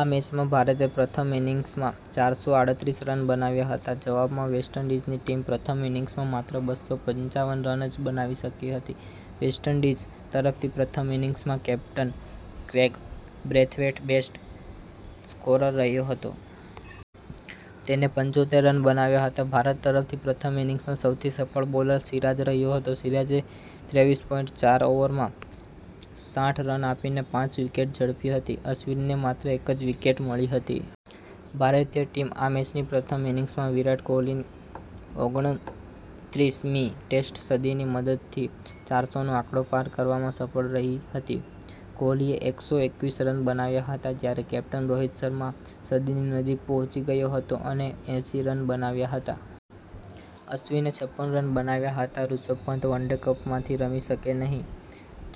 આ મેચમાં ભારતે પ્રથમ ઇનિંગ્સમાં ચારસો આડત્રીસ રન બનાવ્યા હતા. જવાબમાં વેસ્ટ ઇન્ડીઝની ટીમ પ્રથમ ઇનિંગ્સમાં માત્ર બસો પંચાવન રન જ બનાવી શકી હતી. વેસ્ટ ઈન્ડીઝ તરફથી પ્રથમ ઈનિંગ્સમાં captain Kraigg Brathwaite best scorer રહ્યો હતો. તેને પંચોત્તેર રન બનાવ્યા હતા. ભારત તરફથી પ્રથમ ઇનિંગ્સનો સૌથી સફળ બોલર સિરાજ રહ્યો હતો. સિરાજે ત્રેવીસ પોઇન્ટ ચાર ઓવરમાં સાઠ રન આપીને પાંચ વિકેટ ઝડપી હતી. અશ્વિનને માત્ર એક જ વિકેટ મળી હતી. ભારતીય ટીમ આ મેચની પ્રથમ ઇનિંગ્સમાં વિરાટ કોહલીની ઓગણત્રીસ મી ટેસ્ટ સદીની મદદથી ચારસો નો આંકડો પાર કરવામાં સફળ રહી હતી. કોહલીએ એક સો એકવીસ રન બનાવ્યા હતા જ્યારે કેપ્ટન રોહિત શર્મા સદીની નજીક પહોંચી ગયો હતો અને એંસી રન બનાવ્યા હતા. અશ્વિને છપ્પન રન બનાવ્યા હતા. ઋષભ પંત વનડે વર્લ્ડકપમાં રમી શકશે કે નહીં,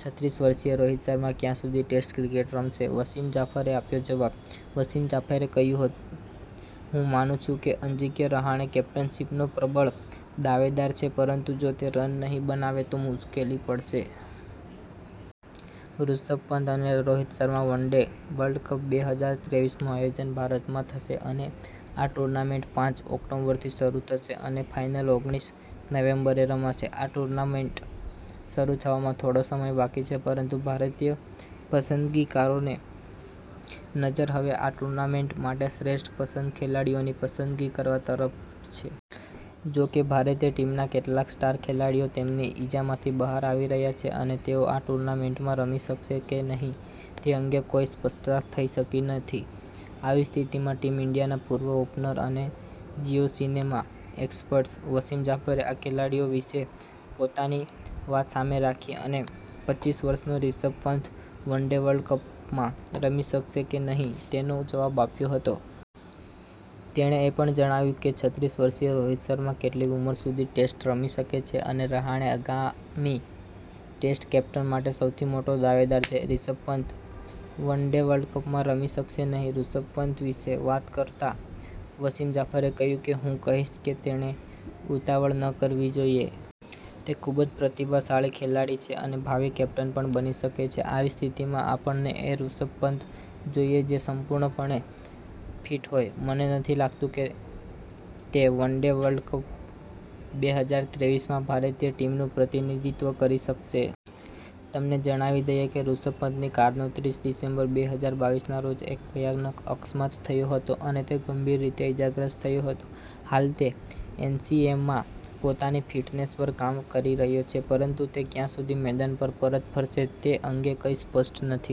છત્રીસ વર્ષીય રોહિત શર્મા ક્યાં સુધી ટેસ્ટ ક્રિકેટ રમશે? વસીમ જાફરે આપ્યો જવાબ વસીમ જાફરે કહ્યું હું માનું છું કે અજિંક્ય રહાણે કેપ્ટનશિપનો પ્રબળ દાવેદાર છે પરંતુ જો તે રન નહીં બનાવે તો મુશ્કેલી પડશે. ઋષભ પંત અને રોહિત શર્મા વન-ડે વર્લ્ડકપ બે હજાર ત્રેવીસ નું આયોજન ભારતમાં થશે અને આ ટૂર્નામેન્ટ પાંચ ઓક્ટોબરથી શરુ થશે અને ફાઈનલ ઓગણીસ નવેમ્બરે રમાશે. આ ટૂર્નામેન્ટને શરૂ થવામાં થોડો સમય બાકી છે, પરંતુ ભારતીય પસંદગીકારોની નજર હવે આ ટૂર્નામેન્ટ માટે શ્રેષ્ઠ પંદર ખેલાડીઓની પસંદગી કરવા તરફ છે. જોકે ભારતીય ટીમના કેટલાક સ્ટાર ખેલાડીઓ તેમની ઈજામાંથી બહાર આવી રહ્યા છે અને તેઓ આ ટૂર્નામેન્ટમાં રમી શકશે કે નહીં તે અંગે કોઈ સ્પષ્ટતા થઈ શકી નથી. આવી સ્થિતિમાં ટીમ ઈન્ડિયાના પૂર્વ ઓપનર અને જિઓ સિનેમા એક્સપર્ટ વસીમ જાફરે આ ખેલાડીઓ વિશે પોતાની વાત સામે રાખી અને પચીસ વર્ષનો Rishabh Pant one day World કપમાં રમી શકશે કે નહીં તેનો જવાબ આપ્યો હતો. તેણે એ પણ જણાવ્યું કે છત્રીસ વર્ષીય રોહિત શર્મા કેટલી ઉંમર સુધી ટેસ્ટ રમી શકે છે અને રહાણે આગામી ટેસ્ટ કેપ્ટન માટે સૌથી મોટો દાવેદાર છે. રિષભ પંત વન-ડે વર્લ્ડકપમાં રમી શકશે નહીં ઋષભ પંત વિશે વાત કરતા વસીમ જાફરે કહ્યું કે હું કહીશ કે તેણે ઉતાવળ ન કરવી જોઈએ. તે ખૂબ જ પ્રતિભાશાળી ખેલાડી છે અને ભાવિ કેપ્ટન પણ બની શકે છે. આવી સ્થિતિમાં આપણને એ ઋષભ પંત જોઈએ જે સંપૂર્ણપણે ફિટ હોય. મને નથી લાગતું કે તે વન-ડે વર્લ્ડ કપ બે હજાર ત્રેવીસ માં ભારતીય ટીમનું પ્રતિનિધિત્વ કરી શકશે. તમને જણાવી દઈએ કે ઋષભ પંતની કારનો ત્રીસ ડિસેમ્બર બે હજાર બાવીસ ના રોજ એક ભયાનક અકસ્માત થયો હતો અને તે ગંભીર રીતે ઇજાગ્રસ્ત થયો હતો. હાલ તે એનસીએમાં પોતાની ફિટનેસ પર કામ કરી રહ્યો છે, પરંતુ તે ક્યાં સુધી મેદાન પર પરત ફરશે તે અંગે કંઇ સ્પષ્ટ નથી.